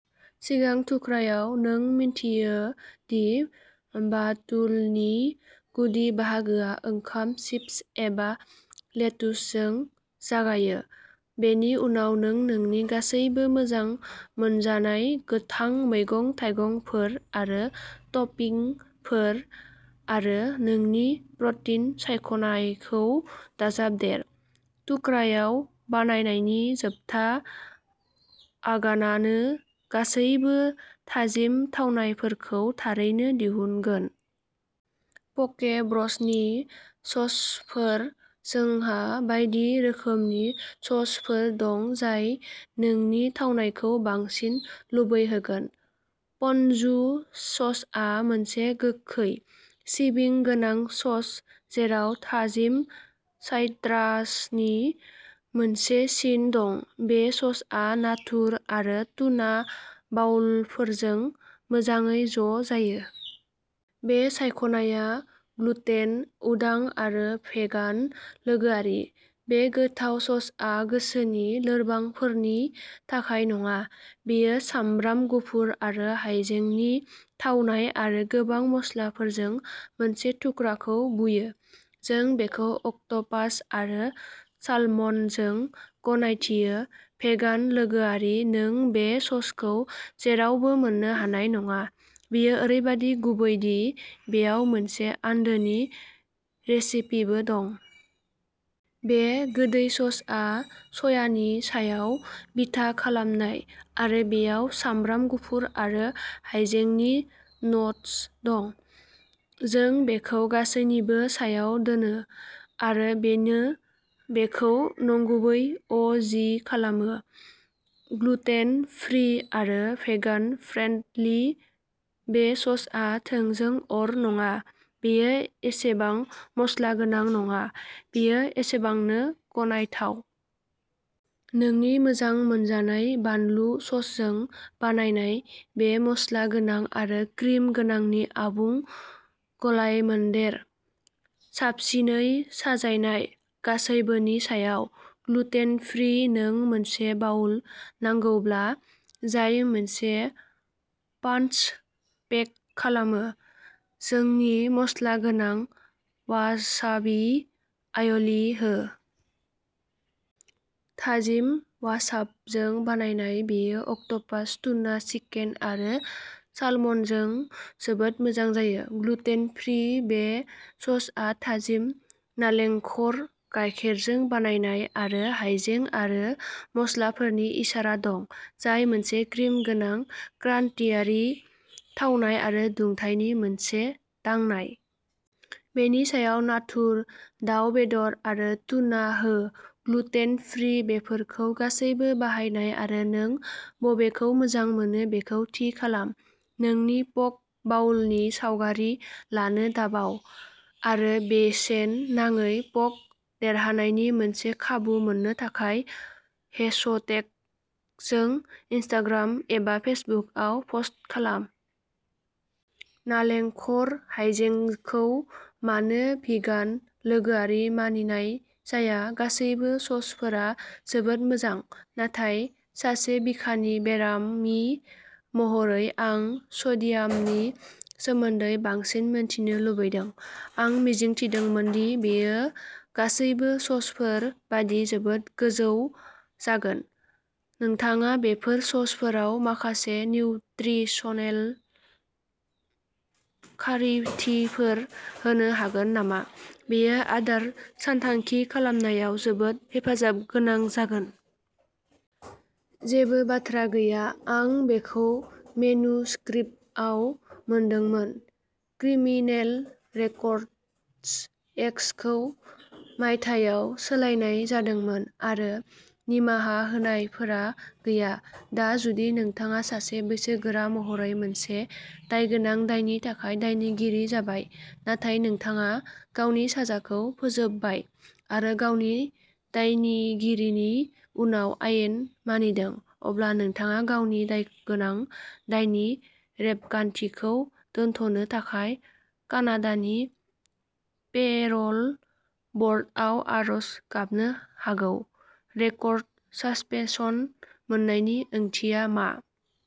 सिगां थुख्रायाव, नों मिन्थियो दि बाथुलनि गुदि बाहागोआ ओंखाम, चिप्स एबा लेतुसजों जागायो। बेनि उनाव नों नोंनि गासैबो मोजां मोनजानाय गोथां मैगं-थाइगंफोर आरो टपिंफोर आरो नोंनि प्रटिन सायख'नायखौ दाजाबदेर। थुख्राव बानायनायनि जोबथा आगानानो गासैबो थाजिम थावनायफोरखौ थारैनो दिहुनगोन। प'के ब्र'सनि ससफोर जोंहा बायदि रोखोमनि ससफोर दं जाय नोंनि थावनायखौ बांसिन लुबैहोगोन। पनजु ससआ मोनसे गोखै, सिबिं गोनां सस जेराव थाजिम साइट्रासनि मोनसे सिन दं। बे ससआ नाथुर आरो टुना बाउलफोरजों मोजाङै ज' जायो। बे सायख'नाया ग्लुटेन उदां आरो भेगान लोगोआरि। बे गोथाव ससआ गोसोनि लोरबांफोरनि थाखाय नङा। बेयो सामब्राम गुफुर आरो हाइजेंनि थावनाय आरो गोबां मस्लाफोरजों मोनसे थुख्राखौ बुयो। जों बेखौ अक्ट'पास आरो सालमनजों गनायथियो। भेगान लोगोआरि नों बे ससखौ जेरावबो मोन्नो हानाय नङा, बेयो ओरैबादि गुबै दि बेयाव मोनसे आन्दोनि रेसिपिबो दं। बे गोदै ससआ सयानि सायाव बिथा खालामनाय आरो बेयाव सामब्राम गुफुर आरो हाइजेंनि न'टस दं। जों बेखौ गासैनिबो सायाव दोनो, आरो बेनो बेखौ नंगुबै अ जि खालामो। ग्लुटेन फ्रि आरो भेगान फ्रेन्डलि। बे ससआ थोंजों अर नङा, बेयो एसेबां मस्ला गोनां नङा, बेयो एसेबांनो गनायथाव। नोंनि मोजां मोनजानाय बानलु ससजों बानायनाय बेयो मस्ला गोनां आरो क्रिम गोनांनि आबुं गलायमोन्देर। साबसिनै साजायनाय, गासैबोनि सायाव। ग्लुटेन फ्रि नों मोनसे बाउल नांगौब्ला जाय मोनसे पाञ्च पेक खालामो, जोंनि मस्ला गोनां वासाबि आय'लि हो। थाजिम वासाबजों बानायनाय, बेयो अक्ट'पास, टुना, चिकेन आरो सालमनजों जोबोद मोजां जायो। ग्लुटेन फ्रि बे ससआ थाजिम नालेंखर गायखेरजों बानायनाय आरो हाइजें आरो मस्लाफोरनि इसारा दं, जाय मोनसे क्रिम गोनां क्रान्तियारि थावनाय आरो दुंथायनि मोनसे दांनाय। बेनि सायाव नाथुर, दाव बेदर आरो टुना हो ग्लुटेन फ्रि बेफोरखौ गासैबो बाहाय आरो नों बबेखौ मोजां मोनो बेखौ थि खालाम। नोंनि पक बाउलनि सावगारि लानो दाबाव। आरो बेसेन नाङै प'क देरहानायनि मोनसे खाबु मोननो थाखाय हेशटेग जों इनस्टाग्राम एबा फेसबुकआव पस्ट खालाम। नालेंखर हाइजेंखौ मानो भिगान लोगोआरि मानिनाय जाया गासैबो ससफोरा जोबोद मोजां नाथाय सासे बिखानि बेरामि महरै आं सडियामनि सोमोन्दै बांसिन मिथिनो लुबैदों। आं मिजिंथिदोंमोन दि बेयो गासैबो ससफोर बायदि जोबोद गोजौ जागोन। नोंथाङा बेफोर ससफोराव माखासे निउत्रिसनेल खारिथिफोर होनो हागोन नामा, बेयो आदार सानथांखि खालामनायाव जोबोद हेफाजाब गोनां जागोन। जेबो बाथ्रा गैया। आं बेखौ मेनु स्क्रिबआव मोनदोंमोन। क्रिमिनेल रेकर्डस एक्टखौ मायथाइयाव सोलायनाय जादोंमोन, आरो निमाहा होनायफोरा गैया। दा, जुदि नोंथाङा सासे बैसोगोरा महरै मोनसे दायगोनां दायनि थाखाय दायनिगिरि जाबाय, नाथाय नोंथाङा गावनि साजाखौ फोजोबबाय आरो गावनि दायनिगिरिनि उनाव आयेन मानिदों, अब्ला नोंथाङा गावनि दायगोनां दायनि रेबगान्थिखौ दोनथ'नो थाखाय कानाडानि पेर'ल बर्डआव आर'ज गाबनो हागौ। रेकर्ड सासपेनसन मोननायनि ओंथिया मा?